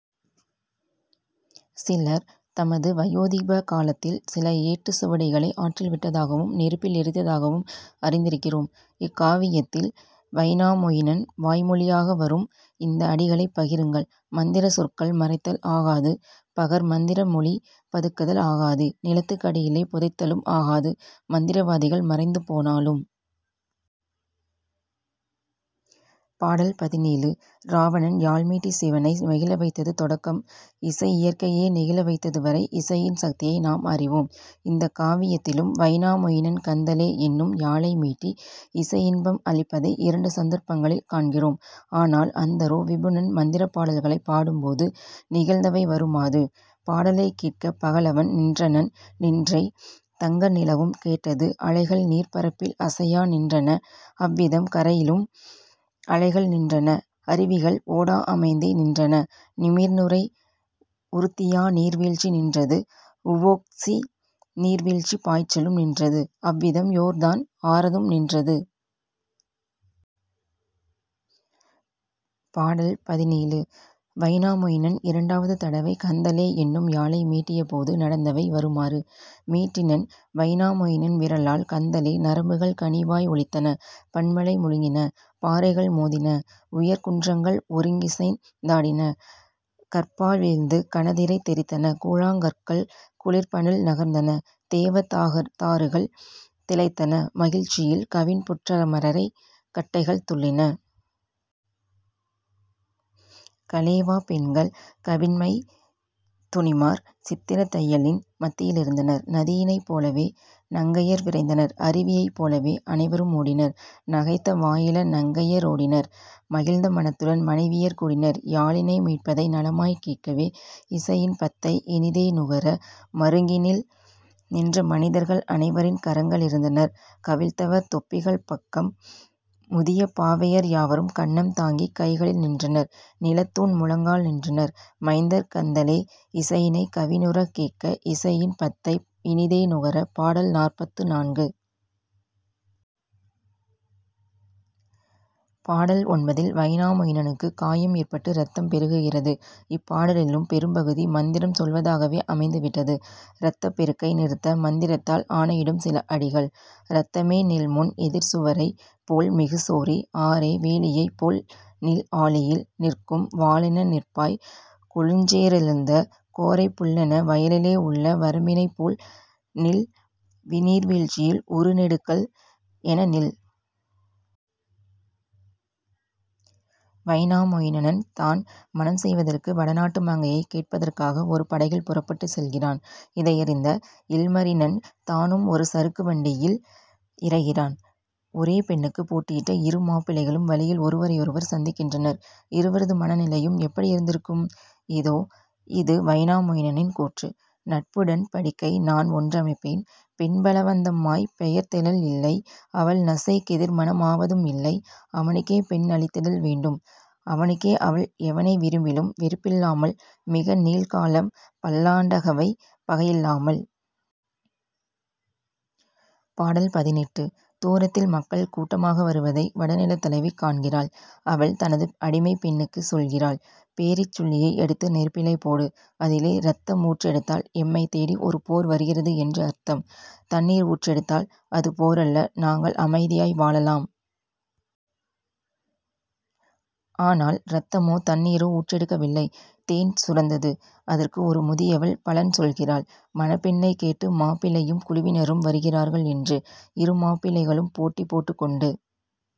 சிலர் தமது வயோதிப காலத்தில் சில ஏட்டுச் சுவடிகளை ஆற்றில் விட்டதாகவும் நெருப்பில் எரித்ததாகவும் அறிந்திருக்கிறோம். இக்காவியத்தில் வைனாமொயினன் வாய்மொழியாக வரும் இந்த அடிகளைப் பாருங்கள். மந்திரச் சொற்கள் மறைத்தல் ஆகாது பகர்மந்திர மொழி பதுக்குதல் ஆகாது நிலத்துக் கடியிலே புதைத்தலும் ஆகாது மந்திரவாதிகள் மறைந்துபோனாலும். பாடல் பதினேழு. இராவணன் யாழ் மீட்டிச் சிவனை மகிழ வைத்தது தொடக்கம் இசை இயற்கையையே நெகிழ வைத்ததுவரை இசையின் சக்தியை நாம் அறிவோம். இந்தக் காவியத்திலும் வைனாமொயினன் கந்தலே என்னும் யாழை மீட்டி இசையின்பம் அளிப்பதை இரண்டு சந்தர்ப்பங்களில் காண்கிறோம். ஆனால் அந்தரோ விபுனன் மந்திரப் பாடல்களைப் பாடும்போது நிகழ்ந்தவை வருமாறு: பாடலைக் கேட்கப் பகலவன் நின்றனன் நின்றே தங்க நிலவும் கேட்டது அலைகள்நீர்ப் பரப்பில் அசையா நின்றன அவ்விதம் கரையிலும் அலைகள் நின்றன அருவிகள் ஓடா அமைந்தே நின்றன நிமிர்நுரை உறுத்தியா நீர்வீழ்ச்சி நின்றது வுவோக்சிநீர் வீழ்ச்சிப் பாய்ச்சலும் நின்றது அவ்விதம் யோர்தான் ஆறதும் நின்றது. பாடல் பதினேழு. வைனாமொயினன் இரண்டாவது தடவை கந்தலே என்னும் யாழை மீட்டியபோது நடந்தவை வருமாறு: மீட்டினன் வைனாமொயினன் விரலால் கந்தலே நரம்புகள் கனிவாய் ஒலித்தன பன்மலை முழுங்கின பாறைகள் மோதின உயர்குன்றங்கள் ஒருங்கசைந் தாடின கற்பா வீழ்ந்து கனதிரைத் தெறித்தன கூழாங்கற்கள் குளிர்பனல் நகர்ந்தன தேவ தாருகள் திளைத்தன மகிழ்ச்சியில் கவின்புற்றரைமரக் கட்டைகள் துள்ளின. கலேவாப் பெண்கள் கவின்மைத்துனிமார் சித்திரத் தையலின் மத்தியிலிருந்தனர் நதியினைப் போலவே நங்கையர் விரைந்தனர் அருவியைப் போலவே அனைவரு மோடினர் நகைத்த வாயிள நங்கைய ரோடினர் மகிழ்ந்த மனத்துடன் மனைவியர் கூடினர் யாழினை மீட்பதை நலமாய்க் கேட்கவே இசையின் பத்தை இனிதே நுகர. மருங்கினில் நின்ற மனிதர்கள் அனைவரின் கரங்களிலிருந்தனர் கவிழ்த்தவர் தொப்பிகள் பக்கம் முதிய பாவையர் யாவரும் கன்னம் தாங்கிக் கைகளில் நின்றனர் நிலத்தூன் முழங்கால் நின்றனர் மைந்தர் கந்தலே இசையினைக் கவினுறக் கேட்க இசையின் பத்தை இனிதே நுகர பாடல் நாற்பத்து நான்கு. பாடல் ஒன்பதில் வைனாமொயினனுக்குக் காயம் ஏற்பட்டு இரத்தம் பெருகுகிறது. இப்பாடலிலும் பெரும்பகுதி மந்திரம் சொல்வதாகவே அமைந்து விட்டது. இரத்தப் பெருக்கை நிறுத்த மந்திரத்தால் ஆணையிடும் சில அடிகள்: இரத்தமே நில்முன் எதிர்சுவரைப் போல் மிகுசோரி ஆறே வேலியைப் போல்நில் ஆழியில் நிற்கும் வாளென நிற்பாய் கொழுஞ்சேறெழுந்த கோரைப் புல்லென வயலிலே உள்ள வரம்பினைப் போல்நில் நீர்வீழ்ச்சியில் உறுநெடுங்கல் எனநில். வைனாமொயினன் தான் மணம் செய்வதற்கு வட நாட்டு மங்கையைக் கேட்பதற்காக ஒரு படகில் புறப்பட்டுச் செல்கிறான். இதையறிந்த இல்மரினன் தானும் ஒரு சறுக்கு வண்டியில் விரைகிறான். ஒரே பெண்ணுக்குப் போட்டியிட்ட இரு மாப்பிள்ளைகளும் வழியில் ஒருவரையொருவர் சந்திக்கின்றனர். இருவரது மனநிலையும் எப்படி இருந்திருக்கும்? இதோ இது வைனாமொயினனின் கூற்று: நட்புடன் படிக்கை நான் ஒன்றமைப்பேன் பெண்பல வந்தமாய் பெயர்த்தெழல் இல்லை அவள்நசைக் கெதிர்மணம் ஆவதும் இல்லை அவனுக்கே பெண் அளித்திடல் வேண்டும் அவனுக்கே அவள் எவனை விரும்பிலும் வெறுப்பில்லாமல் மிகநீள் காலம் பல்லாண்டகவை பகையில்லாமல். பாடல் பதினெட்டு. தூரத்தில் மக்கள் கூட்டமாக வருவதை வடநிலத் தலைவி காண்கிறாள். அவள் தனது அடிமைப் பெண்ணுக்குச் சொல்கிறாள்: பேரிச் சுள்ளியை எடுத்து நெருப்பிலே போடு. அதிலே இரத்தம் ஊற்றெடுத்தால் எம்மைத் தேடி ஒரு போர் வருகிறது என்று அர்த்தம். தண்ணீர் ஊற்றெடுத்தால், அது போரல்ல நாங்கள் அமைதியாய் வாழலாம். ஆனால் இரத்தமோ தண்ணீரோ ஊற்றெடுக்கவில்லை தேன் சுரந்தது. அதற்கு ஒரு முதியவள் பலன் சொல்கிறாள்: மணப்பெண்ணைக் கேட்டு மாப்பிள்ளையும் குழுவினரும் வருகிறார்கள் என்று. இரு மாப்பிள்ளைகளும் போட்டி போட்டுக் கொண்டு